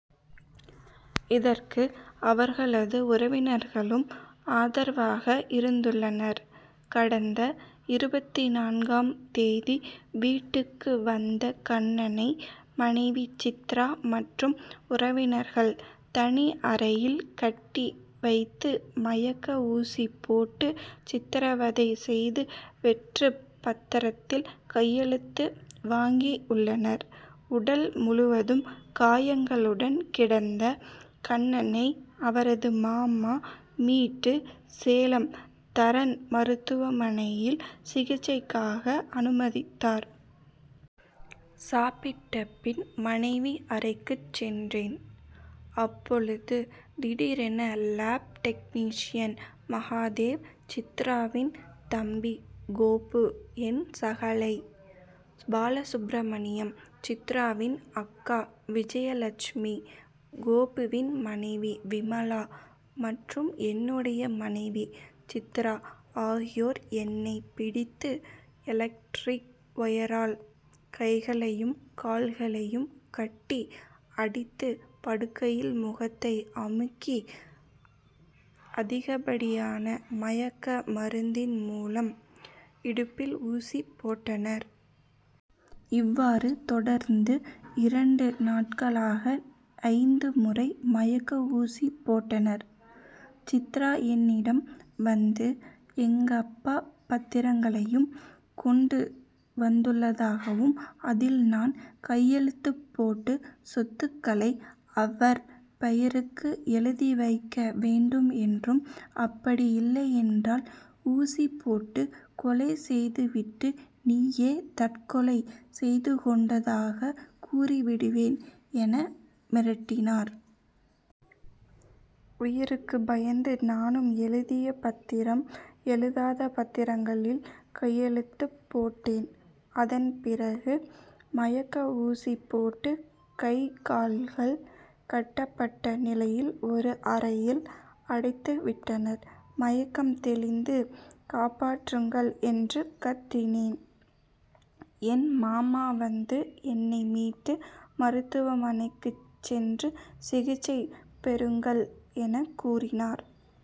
இதற்கு அவர்களது உறவினர்களும் ஆதரவாக இருந்துள்ளனர். கடந்த இருபத்துநான்காம் தேதி வீட்டுக்கு வந்த கண்ணனை மனைவி சித்ரா மற்றும் உறவினர்கள் தனி அறையில் கட்டி வைத்து மயக்க ஊசி போட்டு சித்ரவதை செய்து வெற்றுப் பத்திரத்தில் கையெழுத்து வாங்கி உள்ளனர். உடல் முழுவதும் காயங்களுடன் கிடந்த கண்ணனை அவரது மாமா மீட்டு சேலம் தரண் மருத்துவமனையில் சிகிச்சைக்காக அனுமதித்தார். சாப்பிட்ட பின் மனைவி அறைக்கு சென்றேன். அப்போது திடீரென லேப் டெக்னீஷியன் மகாதேவன் சித்ராவின் தம்பி கோபு என் சகலை பாலசுப்பிரமணியம் சித்ராவின் அக்கா விஜயலட்சுமி கோபுவின் மனைவி விமலா மற்றும் என்னுடைய மனைவி சித்ரா ஆகியோர் என்னை பிடித்து எலக்ட்ரிக் ஒயரால் கைகளையும் கால்களையும் கட்டி அடித்து படுக்கையில் முகத்தை அமுக்கி அதிகப்படியான மயக்க மருந்துயின் மூலம் இடுப்பில் ஊசி போட்டனர். இவ்வாறு தொடர்ந்து இரண்டு நாட்களாக ஐந்து முறை மயக்க ஊசி போட்டனர். சித்ரா என்னிடம் வந்து எங்கப்பா பத்திரங்களை கொண்டு வந்துள்ளதாகவும் அதில் நான் கையெழுத்து போட்டு சொத்துக்களை அவர் பெயருக்கு எழுதி வைக்க வேண்டும் என்றும் அப்படி இல்லையென்றால் ஊசி போட்டு கொலை செய்து விட்டு நீயே தற்கொலை செய்து கொண்டதாக கூறி விடுவேன் என மிரட்டினார். உயிருக்கு பயந்து நானும் எழுதிய பத்திரம் எழுதாத பத்திரங்களில் கையெழுத்து போட்டேன். அதன் பிறகு மயக்க ஊசி போட்டு கை கால்கள் கட்டப்பட்ட நிலையில் ஒரு அறையில் அடைத்து விட்டனர். மயக்கம் தெளிந்து காப்பாற்றுங்கள் என்று கத்தினேன். என் மாமா வந்து என்னை மீட்டு மருத்துவமனைக்கு சென்று சிகிச்சை பெறுங்கள் என கூறினார்.